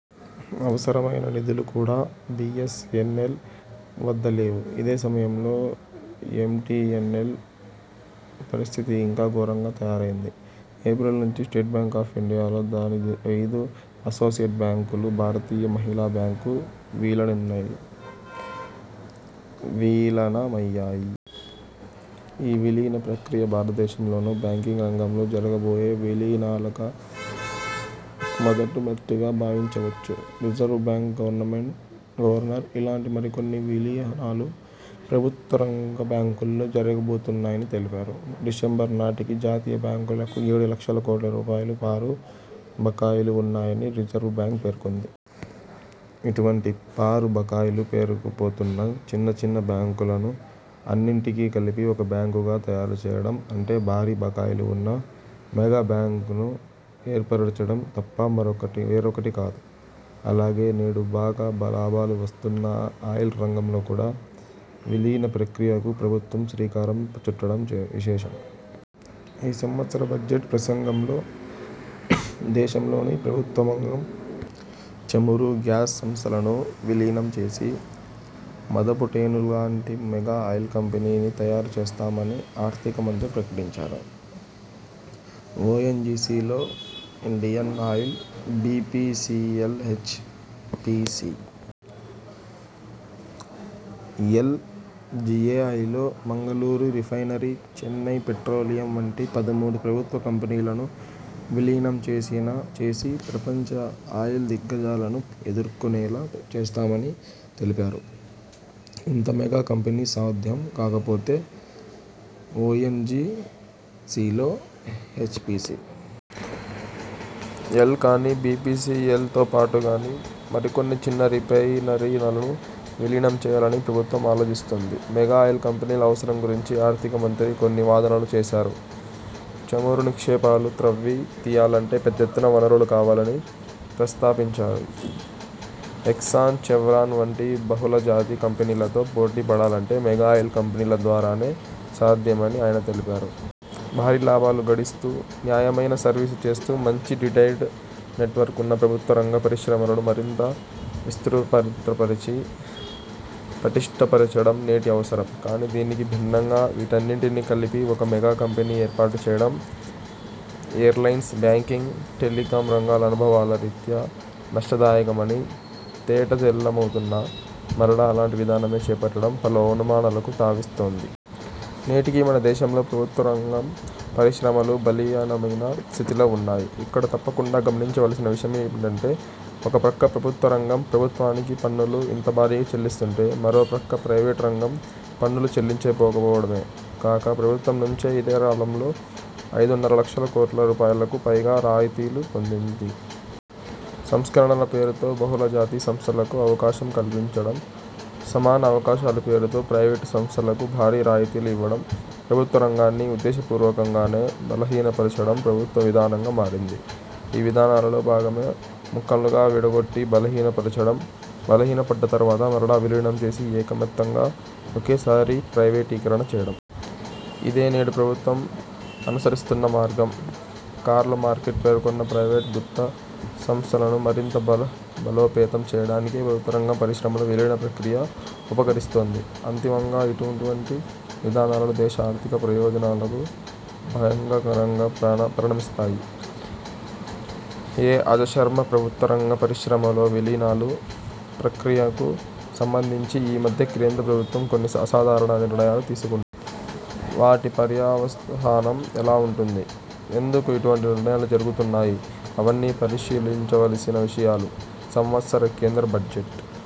అవసరమైన నిధులు కూడా బి. ఎస్. ఎన్. ఎల్ వద్ద లేవు. ఇదే సమయంలో ఎం. టి. ఎన్. ఎల్ పరిస్థితి ఇంకా ఘోరంగా తయారైంది. ఏప్రిల్ నుంచి స్టేట్ బ్యాంక్ ఆఫ్ ఇండియాలో దాని ఐదు అసోసియేట్ బ్యాంకులు, భారతీయ మహిళా బ్యాంకు విలనమయ్యాయి. ఈ విలీన ప్రక్రియ భారతదేశంలో ను బ్యాంకింగ్ రంగంలో జరగబోయే విలీనాలక మొదటి మెట్టుగా భావించవచ్చు. రిజర్వ్ బ్యాంకు గవర్నమ్రెంట్ గవర్నర్ ఇలాంటి మరికొన్ని విలీనాలు ప్రభుత్వరంగ బ్యాంకుల్లో జరగబోతున్నాయని తెలిపారు. డిసెంబర్ నాటికి జాతీయ బ్యాంకులకు ఏడు లక్షల కోట్ల రూపాయల పారు బకాయిలు ఉన్నాయని రిజర్వ్ బ్యాంకు పేర్కొంది. ఇటువంటి పారు బకాయిలు పేరుకుపోతున్న చిన్న చిన్న బ్యాంకులను అన్నింటి కి కలిపి ఒక బ్యాంకుగా తయారు చేయడం అంటే భారీ బకాయిలు వున్న మెగా బ్యాంకును ఏర్పరచడం తప్ప వేరొకటి కాదు. అలాగే, నేడు బాగా లాభాలు వస్తున్న ఆయిల్ రంగంలో కూడా విలీన ప్రక్రియకు ప్రభుత్వం శ్రీకారం చుట్టడం విశేషం. ఈ సంవత్సర బడ్జెట్ ప్రసంగంలో దేశంలోని ప్రభుత్వరంగ చమురు, గ్యాస్ సంస్థలను విలీనం చేసి మదపుటేనుగులాంటి మెగా ఆయిల్ కంపెనీని తయారు చేస్తామని ఆర్ధిక మంత్రి ప్రకటించారు. ఒ. ఎన్. జి. సిలో Indian oil, B. P. C. L, H. P. C. L, G. A. I. L, Mangalore refinery, Chennai petroleum వంటి పదమూడు ప్రభుత్వ కంపెనీలను విలీనం చెసినా చేసి ప్రపంచ ఆయిల్ దిగ్గజాలను ఎదుర్కొనేలా చేస్తామని తెలిపారు. ఇంత మెగా కంపెనీ సాధ్యం కాకపోతే, ఒ. ఎన్. జి. సిలో హెచ్. పి. సి. ఎల్ కాని, బి. పి. సి. ఎల్ తోపాటుగా ని మరికొన్ని చిన్న రిఫైనరీలను విలీనం చేయాలని ప్రభుత్వం ఆలోచిస్తోంది. మెగా ఆయిల్ కంపెనీల అవసరం గురించి ఆర్ధిక మంత్రి కొన్ని వాదనలు చేశారు. చమురు నిక్షేపాలు త్రవ్వి తీయాలంటే పెద్దఎత్తున వనరులు కావాలని, ప్రస్థాపించారు ఎక్సాన్, చెవ్రాన్ వంటి బహుళజాతి కంపెనీలతో పోటీ పడాలంటే మెగా ఆయిల్ కంపెనీల ద్వారానే సాధ్యమని ఆయన తెలిపారు. భారీ లాభాలు గడిస్తూ, నాణ్యమైన సర్వీసు చేస్తూ, మంచి రిటైల్ నెట్వర్క్ వున్న ప్రభుత్వరంగ పరిశ్రమలను మరింత విస్తృతపరిచి పటిష్టపరచడం నేటి అవసరం. కాని దీనికి భిన్నంగా వీటన్నింటినీ కలిపి ఒకే మెగా కంపెనీ ఏర్పాటు చేయడం ఎయిర్లైన్స్, బ్యాంకింగ్, టెలికాం రంగాల అనుభవాల రీత్యా నష్టదాయకమని తేటతెల్లమవుతున్నా మరలా అలాంటి విధానమే చేపట్టడం పలు అనుమానాలకు తావిస్తోంది. నేటికీ మన దేశంలో ప్రభుత్వరంగ పరిశ్రమలు బలీయమైన స్థితిలో వున్నాయి. ఇక్కడ తప్పకుండా గమనించవలసిన విషమేమిటంటే ఒక ప్రక్క ప్రభుత్వరంగం ప్రభుత్వానికి పన్నులు ఇంత భారీగా చెల్లిస్తుంటే మరో ప్రక్క ప్రైవేట్ రంగం పన్నులు చెల్లించకపోవడమే కాక ప్రభుత్వం నుంచి ఇదే కాలంలో ఐదున్నర లక్షల కోట్ల రూపాయలకు పైగా రాయితీలు పొందింది. సంస్కరణల పేరుతో బహుళజాతి సంస్థలకు అవకాశం కల్పించడం, సమాన అవకాశాలు పేరుతో ప్రైవేట్ సంస్థలకు భారీ రాయితీలు ఇవ్వడం, ప్రభుత్వరంగాన్ని ఉద్దేశపూర్వకంగానే బలహీనపరచడం ప్రభుత్వ విధానంగా మారింది. ఈ విధానాలలో భాగమే ముక్కలుగా విడగొట్టి బలహీనపరచడం, బలహీనపడ్డ తరువాత మరలా విలీనం చేసి ఏకమొత్తంగా ఒకేసారి ప్రైవేటీకరణ చేయడం. ఇదే నేడు ప్రభుత్వం అనుసరిస్తున్న మార్గం. కార్ల్ మార్క్స్ పేర్కొన్న ప్రైవేట్ గుత్త సంస్థలను మరింత బలోపేతం చేయడానికే ప్రభుత్వరంగ పరిశ్రమల విలీన ప్రక్రియ ఉపకరిస్తుంది. అంతిమంగా ఇటువంటి విధానాలు దేశ ఆర్ధిక ప్రయోజనాలకు భంగకరంగా పరిణమిస్తాయి. -ఎ. అజశర్మప్రభుత్వరంగ పరిశ్రమలలో విలీనాలు ప్రక్రియకు సంబంధించి ఈ మధ్య కేంద్ర ప్రభుత్వం కొన్ని అసాధారణ నిర్ణయాలు తీసుకుంది. వాటి పర్యవసానం ఎలా వుంటుంది? ఎందుకు ఇటువంటి నిర్ణయాలు జరుగుతున్నాయి? అన్నవి పరిశీలించవలసిన విషయాలు. సంవత్సర కేంద్ర బడ్జెట్